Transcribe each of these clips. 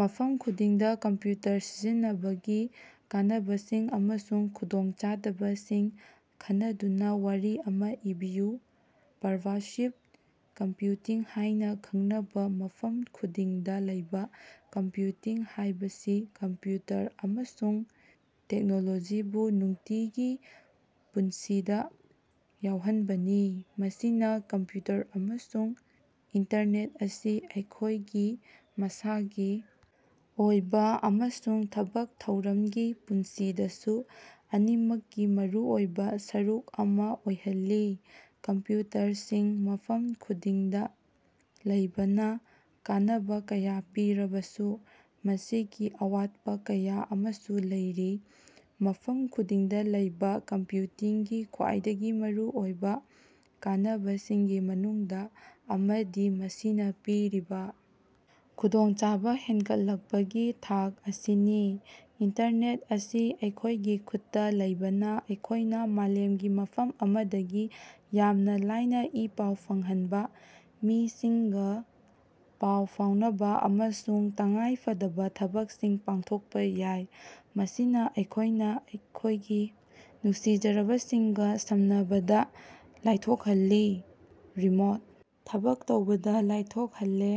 ꯃꯐꯝ ꯈꯨꯗꯤꯡꯗ ꯀꯝꯄ꯭ꯌꯨꯇꯔ ꯁꯤꯖꯤꯟꯅꯕꯒꯤ ꯀꯥꯟꯅꯕꯁꯤꯡ ꯑꯃꯁꯨꯡ ꯈꯨꯗꯣꯡꯆꯥꯗꯕꯁꯤꯡ ꯈꯟꯅꯗꯨꯅ ꯋꯥꯔꯤ ꯑꯃ ꯏꯕꯤꯌꯨ꯫ ꯄꯔꯚꯥꯁꯤꯚ ꯀꯝꯄ꯭ꯌꯨꯇꯤꯡ ꯍꯥꯏꯅ ꯈꯪꯅꯕ ꯃꯐꯝ ꯈꯨꯗꯤꯡꯗ ꯂꯩꯕ ꯀꯝꯄ꯭ꯌꯨꯇꯤꯡ ꯍꯥꯏꯕꯁꯤ ꯀꯝꯄ꯭ꯌꯨꯇꯔ ꯑꯃꯁꯨꯡ ꯇꯦꯛꯅꯣꯂꯣꯖꯤꯕꯨ ꯅꯨꯡꯇꯤꯒꯤ ꯄꯨꯟꯁꯤꯗ ꯌꯥꯎꯍꯟꯕꯅꯤ꯫ ꯃꯁꯤꯅ ꯀꯝꯄ꯭ꯌꯨꯇꯔ ꯑꯃꯁꯨꯡ ꯏꯟꯇꯔꯅꯦꯠ ꯑꯁꯤ ꯑꯩꯈꯣꯏꯒꯤ ꯃꯁꯥꯒꯤ ꯑꯣꯏꯕ ꯑꯃꯁꯨꯡ ꯊꯕꯛ ꯊꯧꯔꯝꯒꯤ ꯄꯨꯟꯁꯤꯗꯁꯨ ꯑꯅꯤꯃꯛꯀꯤ ꯃꯔꯨꯑꯣꯏꯕ ꯁꯔꯨꯛ ꯑꯃ ꯑꯣꯏꯍꯜꯂꯦ꯫ ꯀꯝꯄ꯭ꯌꯨꯇꯔꯁꯤꯡ ꯃꯐꯝ ꯈꯨꯗꯤꯡꯗ ꯂꯩꯕꯅ ꯀꯥꯟꯅꯕ ꯀꯌꯥ ꯄꯤꯔꯕꯁꯨ ꯃꯁꯤꯒꯤ ꯑꯋꯥꯠꯄ ꯀꯌꯥ ꯑꯃꯁꯨ ꯂꯩꯔꯤ꯫ ꯃꯐꯝ ꯈꯨꯗꯤꯡꯗ ꯂꯩꯕ ꯀꯝꯄ꯭ꯌꯨꯇꯤꯡꯒꯤ ꯈ꯭ꯋꯥꯏꯗꯒꯤ ꯃꯔꯨꯑꯣꯏꯕ ꯀꯥꯟꯅꯕꯁꯤꯡꯒꯤ ꯃꯅꯨꯡꯗ ꯑꯃꯗꯤ ꯃꯁꯤꯅ ꯄꯤꯔꯤꯕ ꯈꯨꯗꯣꯡꯆꯥꯕ ꯍꯦꯟꯒꯠꯂꯛꯄꯒꯤ ꯊꯥꯛ ꯑꯁꯤꯅꯤ꯫ ꯏꯟꯇꯔꯅꯦꯠ ꯑꯁꯤ ꯑꯩꯈꯣꯏꯒꯤ ꯈꯨꯠꯇ ꯂꯩꯕꯅ ꯑꯩꯈꯣꯏꯅ ꯃꯥꯂꯦꯝꯒꯤ ꯃꯐꯝ ꯑꯃꯗꯒꯤ ꯌꯥꯝꯅ ꯂꯥꯏꯅ ꯏ-ꯄꯥꯎ ꯐꯪꯍꯟꯕ, ꯃꯤꯁꯤꯡꯒ ꯄꯥꯎ ꯐꯥꯎꯅꯕ ꯑꯃꯁꯨꯡ ꯇꯉꯥꯏ ꯐꯗꯕ ꯊꯕꯛꯁꯤꯡ ꯄꯥꯡꯊꯣꯛꯄ ꯌꯥꯏ꯫ ꯃꯁꯤꯅ ꯑꯩꯈꯣꯏꯅ ꯑꯩꯈꯣꯏꯒꯤ ꯅꯨꯡꯁꯤꯖꯔꯕꯁꯤꯡꯒ ꯁꯝꯅꯕꯗ ꯂꯥꯏꯊꯣꯛꯍꯜꯂꯦ, ꯔꯤꯃꯣꯠ ꯊꯕꯛ ꯇꯧꯕꯗ ꯂꯥꯏꯊꯣꯛꯍꯜꯂꯦ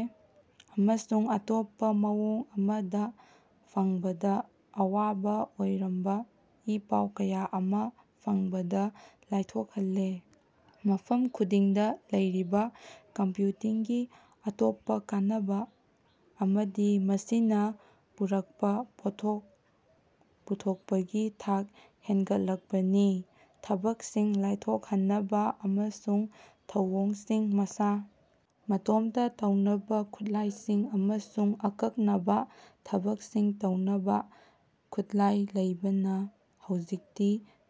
ꯑꯃꯁꯨꯡ ꯑꯇꯣꯞꯄ ꯃꯑꯣꯡ ꯑꯃꯗ ꯐꯪꯕꯗ ꯑꯋꯥꯕ ꯑꯣꯏꯔꯝꯕ ꯏ-ꯄꯥꯎ ꯀꯌꯥ ꯑꯃ ꯐꯪꯕꯗ ꯂꯥꯏꯊꯣꯛꯍꯜꯂꯦ꯫ ꯃꯐꯝ ꯈꯨꯗꯤꯡꯗ ꯂꯩꯔꯤꯕ ꯀꯝꯄ꯭ꯌꯨꯇꯤꯡꯒꯤ ꯑꯇꯣꯞꯄ ꯀꯥꯟꯅꯕ ꯑꯃꯗꯤ ꯃꯁꯤꯅ ꯄꯨꯔꯛꯄ ꯄꯣꯠꯊꯣꯛ ꯄꯨꯊꯣꯛꯄꯒꯤ ꯊꯥꯛ ꯍꯦꯟꯒꯠꯂꯛꯄꯅꯤ꯫ ꯊꯕꯛꯁꯤꯡ ꯂꯥꯏꯊꯣꯛꯍꯟꯅꯕ ꯑꯃꯁꯨꯡ ꯊꯧꯑꯣꯡꯁꯤꯡ ꯃꯁꯥ ꯃꯇꯣꯝꯇ ꯇꯧꯅꯕ ꯈꯨꯠꯂꯥꯏꯁꯤꯡ ꯑꯃꯁꯨꯡ ꯑꯀꯛꯅꯕ ꯊꯕꯛꯁꯤꯡ ꯇꯧꯅꯕ ꯈꯨꯠꯂꯥꯏ ꯂꯩꯕꯅ ꯍꯧꯖꯤꯛꯇꯤ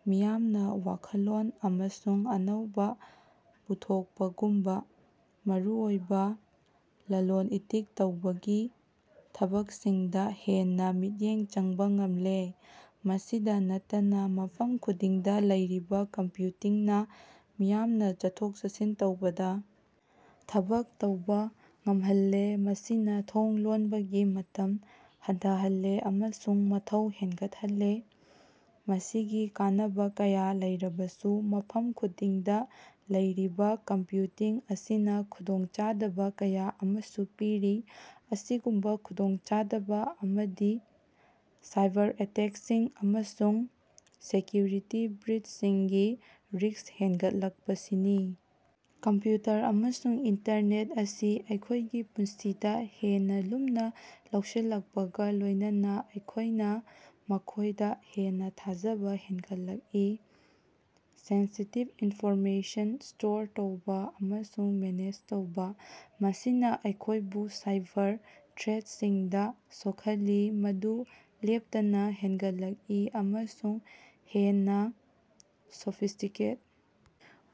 ꯃꯤꯌꯥꯝꯅ ꯋꯥꯈꯜꯂꯣꯟ ꯑꯃꯁꯨꯡ ꯑꯅꯧꯕ ꯄꯨꯊꯣꯛꯄꯒꯨꯝꯕ ꯃꯔꯨꯑꯣꯏꯕ ꯂꯂꯣꯜ ꯏꯇꯤꯛ ꯇꯧꯕꯒꯤ ꯊꯕꯛꯁꯤꯡꯗ ꯍꯦꯟꯅ ꯃꯤꯠꯌꯦꯡ ꯆꯪꯕ ꯉꯝꯂꯦ꯫ ꯃꯁꯤꯗ ꯅꯠꯇꯅ ꯃꯐꯝ ꯈꯨꯗꯤꯡꯗ ꯂꯩꯔꯤꯕ ꯀꯝꯄ꯭ꯌꯨꯇꯤꯡꯅ ꯃꯤꯌꯥꯝꯅ ꯆꯠꯊꯣꯛ-ꯆꯠꯁꯤꯟ ꯇꯧꯕꯗ ꯊꯕꯛ ꯇꯧꯕ ꯉꯝꯍꯜꯂꯦ, ꯃꯁꯤꯅ ꯊꯣꯡ ꯂꯣꯟꯕꯒꯤ ꯃꯇꯝ ꯍꯟꯊꯍꯜꯂꯦ ꯑꯃꯁꯨꯡ ꯃꯊꯧ ꯍꯦꯟꯒꯠꯍꯜꯂꯦ꯫ ꯃꯁꯤꯒꯤ ꯀꯥꯟꯅꯕ ꯀꯌꯥ ꯂꯩꯔꯕꯁꯨ, ꯃꯐꯝ ꯈꯨꯗꯤꯡꯗ ꯂꯩꯔꯤꯕ ꯀꯝꯄ꯭ꯌꯨꯇꯤꯡ ꯑꯁꯤꯅ ꯈꯨꯗꯣꯡꯆꯥꯗꯕ ꯀꯌꯥ ꯑꯃꯁꯨ ꯄꯤꯔꯤ꯫ ꯑꯁꯤꯒꯨꯝꯕ ꯈꯨꯗꯣꯡꯆꯥꯗꯕ ꯑꯃꯗꯤ ꯁꯥꯏꯕꯔ-ꯑꯦꯇꯦꯛꯁꯤꯡ ꯑꯃꯁꯨꯡ ꯁꯦꯀ꯭ꯌꯨꯔꯤꯇꯤ ꯕ꯭ꯔꯤꯆꯁꯤꯡꯒꯤ ꯔꯤꯛꯁ ꯍꯦꯟꯒꯠꯂꯛꯄꯁꯤꯅꯤ꯫ ꯀꯝꯄ꯭ꯌꯨꯇꯔ ꯑꯃꯁꯨꯡ ꯏꯟꯇꯔꯅꯦꯠ ꯑꯁꯤ ꯑꯩꯈꯣꯏꯒꯤ ꯄꯨꯟꯁꯤꯗ ꯍꯦꯟꯅ ꯂꯨꯝꯅ ꯂꯧꯁꯤꯜꯂꯛꯄꯒ ꯂꯣꯏꯅꯅ, ꯑꯩꯈꯣꯏꯅ ꯃꯈꯣꯏꯗ ꯍꯦꯟꯅ ꯊꯥꯖꯕ ꯍꯦꯟꯒꯠꯂꯛꯏ, ꯁꯦꯟꯁꯤꯇꯤꯚ ꯏꯟꯐꯣꯔꯃꯦꯁꯟ ꯁ꯭ꯇꯣꯔ ꯇꯧꯕ ꯑꯃꯁꯨꯡ ꯃꯦꯅꯦꯖ ꯇꯧꯕ꯫ ꯃꯁꯤꯅ ꯑꯩꯈꯣꯏꯕꯨ ꯁꯥꯏꯕꯔ ꯊ꯭ꯔꯦꯠꯁꯤꯡꯗ ꯁꯣꯛꯍꯜꯂꯤ, ꯃꯗꯨ ꯂꯦꯞꯇꯅ ꯍꯦꯟꯒꯠꯂꯛꯂꯤ ꯑꯃꯁꯨꯡ ꯍꯦꯟꯅ ꯁꯣꯐꯤꯁꯇꯤꯀꯦꯠ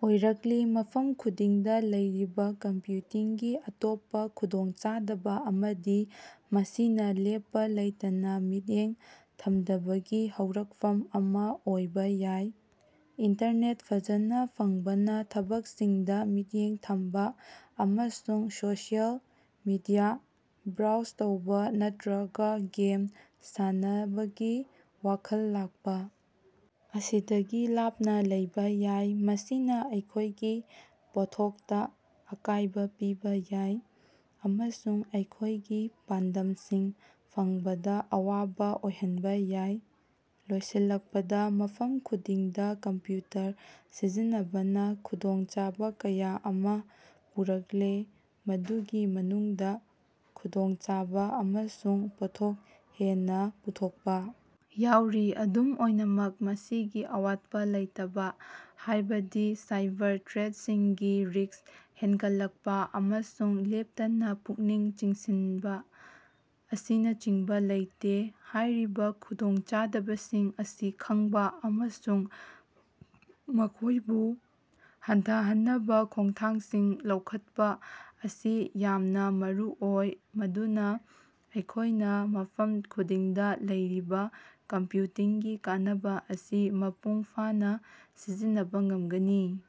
ꯑꯣꯏꯔꯛꯂꯤ꯫ ꯃꯐꯝ ꯈꯨꯗꯤꯡꯗ ꯂꯩꯔꯤꯕ ꯀꯝꯄ꯭ꯌꯨꯇꯤꯡꯒꯤ ꯑꯇꯣꯞꯄ ꯈꯨꯗꯣꯡꯆꯥꯗꯕ ꯑꯃꯗꯤ ꯃꯁꯤꯅ ꯂꯦꯞꯄ ꯂꯩꯇꯅ ꯃꯤꯠꯌꯦꯡ ꯊꯝꯗꯕꯒꯤ ꯍꯧꯔꯛꯐꯝ ꯑꯃ ꯑꯣꯏꯕ ꯌꯥꯏ꯫ ꯏꯟꯇꯔꯅꯦꯠ ꯐꯖꯅ ꯐꯪꯕꯅ ꯊꯕꯛꯁꯤꯡꯗ ꯃꯤꯠꯌꯦꯡ ꯊꯝꯕ ꯑꯃꯁꯨꯡ ꯁꯣꯁꯤꯌꯦꯜ ꯃꯤꯗꯤꯌꯥ ꯕ꯭ꯔꯥꯎꯖ ꯇꯧꯕ ꯅꯠꯇ꯭ꯔꯒ ꯒꯦꯝ ꯁꯥꯟꯅꯕꯒꯤ ꯋꯥꯈꯜ ꯂꯥꯛꯄ ꯑꯁꯤꯗꯒꯤ ꯂꯥꯞꯅ ꯂꯩꯕ ꯌꯥꯏ꯫ ꯃꯁꯤꯅ ꯑꯩꯈꯣꯏꯒꯤ ꯄꯣꯠꯊꯣꯛꯇ ꯑꯀꯥꯏꯕ ꯄꯤꯕ ꯌꯥꯏ, ꯑꯃꯁꯨꯡ ꯑꯩꯈꯣꯏꯒꯤ ꯄꯥꯟꯗꯝꯁꯤꯡ ꯐꯪꯕꯗ ꯑꯋꯥꯕ ꯑꯣꯏꯍꯟꯕ ꯌꯥꯏ꯫ ꯂꯣꯏꯁꯤꯜꯂꯛꯄꯗ, ꯃꯐꯝ ꯈꯨꯗꯤꯡꯗ ꯀꯝꯄ꯭ꯌꯨꯇꯔ ꯁꯤꯖꯤꯟꯅꯕꯅ ꯈꯨꯗꯣꯡꯆꯥꯕ ꯀꯌꯥ ꯑꯃ ꯄꯨꯔꯛꯂꯦ, ꯃꯗꯨꯒꯤ ꯃꯅꯨꯡꯗ ꯈꯨꯗꯣꯡꯆꯥꯕ ꯑꯃꯁꯨꯡ ꯄꯣꯠꯊꯣꯛ ꯍꯦꯟꯅ ꯄꯨꯊꯣꯛꯄ ꯌꯥꯎꯔꯤ꯫ ꯑꯗꯨꯝ ꯑꯣꯏꯅꯃꯛ, ꯃꯁꯤꯒꯤ ꯑꯋꯥꯠꯄ ꯂꯩꯇꯕ, ꯍꯥꯏꯕꯗꯤ ꯁꯥꯏꯕꯔ ꯊ꯭ꯔꯦꯠꯁꯤꯡꯒꯤ ꯔꯤꯛꯁ ꯍꯦꯟꯒꯠꯂꯛꯄ ꯑꯃꯁꯨꯡ ꯂꯦꯞꯇꯅ ꯄꯨꯛꯅꯤꯡ ꯆꯤꯡꯁꯤꯟꯕ ꯑꯁꯤꯅꯆꯤꯡꯕ ꯂꯩꯇꯦ꯫ ꯍꯥꯏꯔꯤꯕ ꯈꯨꯗꯣꯡꯆꯥꯗꯕꯁꯤꯡ ꯑꯁꯤ ꯈꯪꯕ ꯑꯃꯁꯨꯡ ꯃꯈꯣꯏꯕꯨ ꯍꯟꯊꯍꯟꯅꯕ ꯈꯣꯡꯊꯥꯡꯁꯤꯡ ꯂꯧꯈꯠꯄ ꯑꯁꯤ ꯌꯥꯝꯅ ꯃꯔꯨꯑꯣꯏ, ꯃꯗꯨꯅ ꯑꯩꯈꯣꯏꯅ ꯃꯐꯝ ꯈꯨꯗꯤꯡꯗ ꯂꯩꯔꯤꯕ ꯀꯝꯄ꯭ꯌꯨꯇꯤꯡꯒꯤ ꯀꯥꯟꯅꯕ ꯑꯁꯤ ꯃꯄꯨꯡ ꯐꯥꯅ ꯁꯤꯖꯤꯟꯅꯕ ꯉꯝꯒꯅꯤ꯫